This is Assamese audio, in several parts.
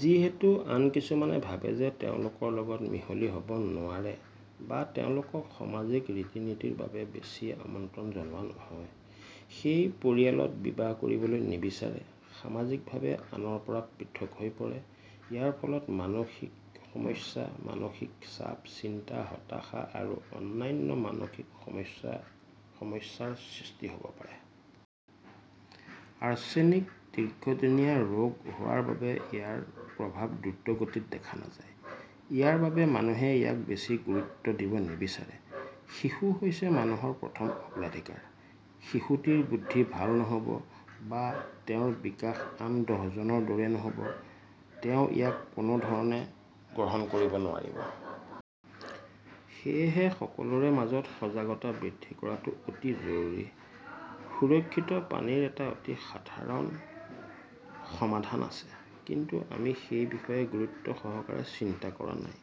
যিহেতু আন কিছুমানে ভাবে যে তেওঁলোকৰ লগত মিহলি হ'ব নোৱাৰে বা তেওঁলোকক সমাজিক ৰীতি-নীতিৰ বাবে বেছি আমন্ত্ৰণ জনোৱা নহয়, সেই পৰিয়ালত বিবাহ কৰিবলৈ নিবিচাৰে, সামাজিকভাৱে আনৰ পৰা পৃথক হৈ পৰে। ইয়াৰ ফলত মানসিক সমস্যা, মানসিক চাপ, চিন্তা, হতাশা আৰু অন্যান্য মানসিক সমস্যা সমস্যাৰ সৃষ্টি হ'ব পাৰে। আৰ্ছেনিক দীৰ্ঘদিনীয়া ৰোগ হোৱাৰ বাবে ইয়াৰ প্ৰভাৱ দ্ৰুতগতিত দেখা নাযায়। ইয়াৰ বাবে মানুহে ইয়াক বেছি গুৰুত্ব দিব নিবিচাৰে। শিশু হৈছে মানুহৰ প্ৰথম অগ্ৰাধিকাৰ। শিশুটিৰ বুদ্ধি ভাল নহ'ব বা তেওঁৰ বিকাশ আন দহজনৰ দৰে নহ'ব, তেওঁ ইয়াক কোনো ধৰণে গ্ৰহণ কৰিব নোৱাৰিব। সেয়েহে সকলোৰে মাজত সজাগতা সৃষ্টি কৰাটো অতি জৰুৰী। সুৰক্ষিত পানীৰ এটা অতি সাধাৰণ সমাধান আছে। কিন্তু আমি সেই বিষয়ে গুৰুত্বসহকাৰে চিন্তা কৰা নাই।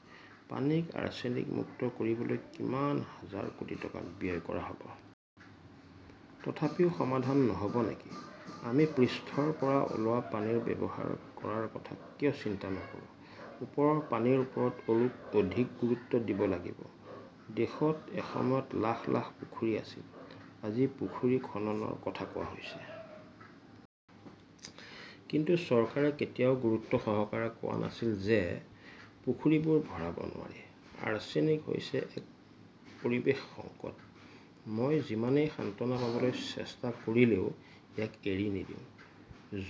পানীক আৰ্ছেনিক মুক্ত কৰিবলৈ কিমান হাজাৰ কোটি টকা ব্যয় কৰা হ'ব? তথাপিও সমাধান নহ'ব নেকি? আমি পৃষ্ঠৰ পৰা ওলোৱা পানী ব্যৱহাৰ কৰাৰ কথা কিয় চিন্তা নকৰোঁ? ওপৰৰ পানীৰ ওপৰত অধিক গুৰুত্ব দিব লাগিব। দেশত এসময়ত লাখ লাখ পুখুৰী আছিল। আজি পুখুৰী খননৰ কথা কোৱা হৈছে। কিন্তু চৰকাৰে কেতিয়াও গুৰুত্বসহকাৰে কোৱা নাছিল যে, পুখুৰীবোৰ ভৰাব নোৱাৰি। আৰ্ছেনিক হৈছে এক পৰিৱেশ সংকট। মই যিমানেই সান্ত্বনা পাবলৈ চেষ্টা কৰিলেও, ইয়াক এৰি নিদিওঁ।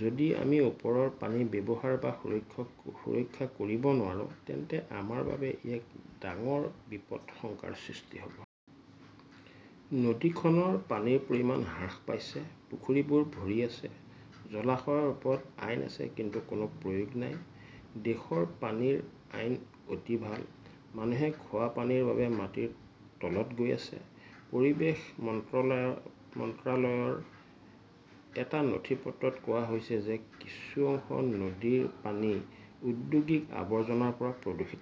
যদি আমি ওপৰৰ পানী ব্যৱহাৰ বা সুৰক্ষক সুৰক্ষা কৰিব নোৱাৰোঁ, তেন্তে আমাৰ বাবে এক ডাঙৰ বিপদাশংকাৰ সৃষ্টি হ'ব। নদীখনৰ পানীৰ পৰিমাণ হ্ৰাস পাইছে, পুখুৰীবোৰ ভৰি আছে, জলাশয়ৰ ওপৰত আইন আছে কিন্তু কোনো প্ৰয়োগ নাই। দেশৰ পানীৰ আইন অতি ভাল। মানুহে খোৱা পানীৰ বাবে মাটিৰ তলত গৈ আছে। পৰিৱেশ মন্ত্ৰলয়ৰ মন্ত্ৰালয়ৰ এটা নথিপত্ৰত কোৱা হৈছে যে কিছু অংশ নদীৰ পানী ঔদ্যোগিক আৱৰ্জনাৰ পৰা প্ৰদূষিত।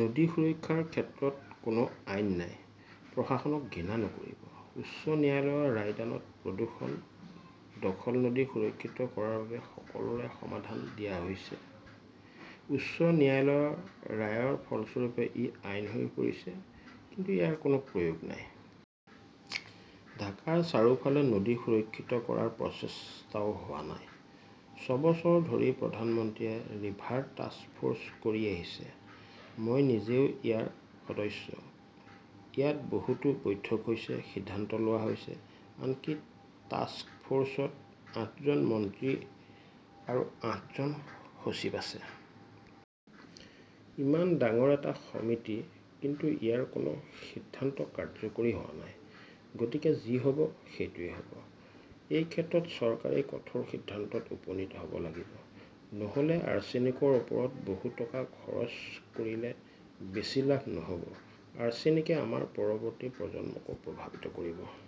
নদী সুৰক্ষাৰ ক্ষেত্ৰত কোনো আইন নাই। প্ৰশাসনক ঘৃণা নকৰিব। উচ্চ ন্যায়ালয়ৰ ৰায়দানত প্ৰদূষণ, দখল-নদী সুৰক্ষিত কৰাৰ বাবে সকলোৰে সমাধান দিয়া হৈছে। উচ্চ ন্যায়ালয়ৰ ৰায়ৰ ফলস্বৰূপে ই আইন হৈ পৰিছে। কিন্তু ইয়াৰ কোনো প্ৰয়োগ নাই। ঢাকাৰ চাৰিওফালে নদী সুৰক্ষিত কৰাৰ প্ৰচেষ্টাও হোৱা নাই। ছয় বছৰ ধৰি প্ৰধানমন্ত্ৰীয়ে ৰিভাৰ টাস্কফ'ৰ্চ কৰি আহিছে। মই নিজেই ইয়াৰ সদস্য। ইয়াত বহুতো বৈঠক হৈছে, সিদ্ধান্ত লোৱা হৈছে। আনকি টাস্কফ'ৰ্চত আঠজন মন্ত্ৰী আৰু আঠজন সচিব আছে। ইমান ডাঙৰ এটা সমিতি কিন্তু ইয়াৰ কোনো সিদ্ধান্ত কাৰ্যকৰী হোৱা নাই। গতিকে যি হ'ব সেইটোৱেই হ'ব। এই ক্ষেত্ৰত চৰকাৰেই কঠোৰ সিদ্ধান্তত উপনীত হ'ব লাগিব। নহ'লে আৰ্ছেনিকৰ ওপৰত বহু টকা খৰচ কৰিলে বেছি লাভ নহ'ব। আৰ্ছেনিকে আমাৰ পৰৱৰ্তী প্ৰজন্মকো প্ৰভাৱিত কৰিব।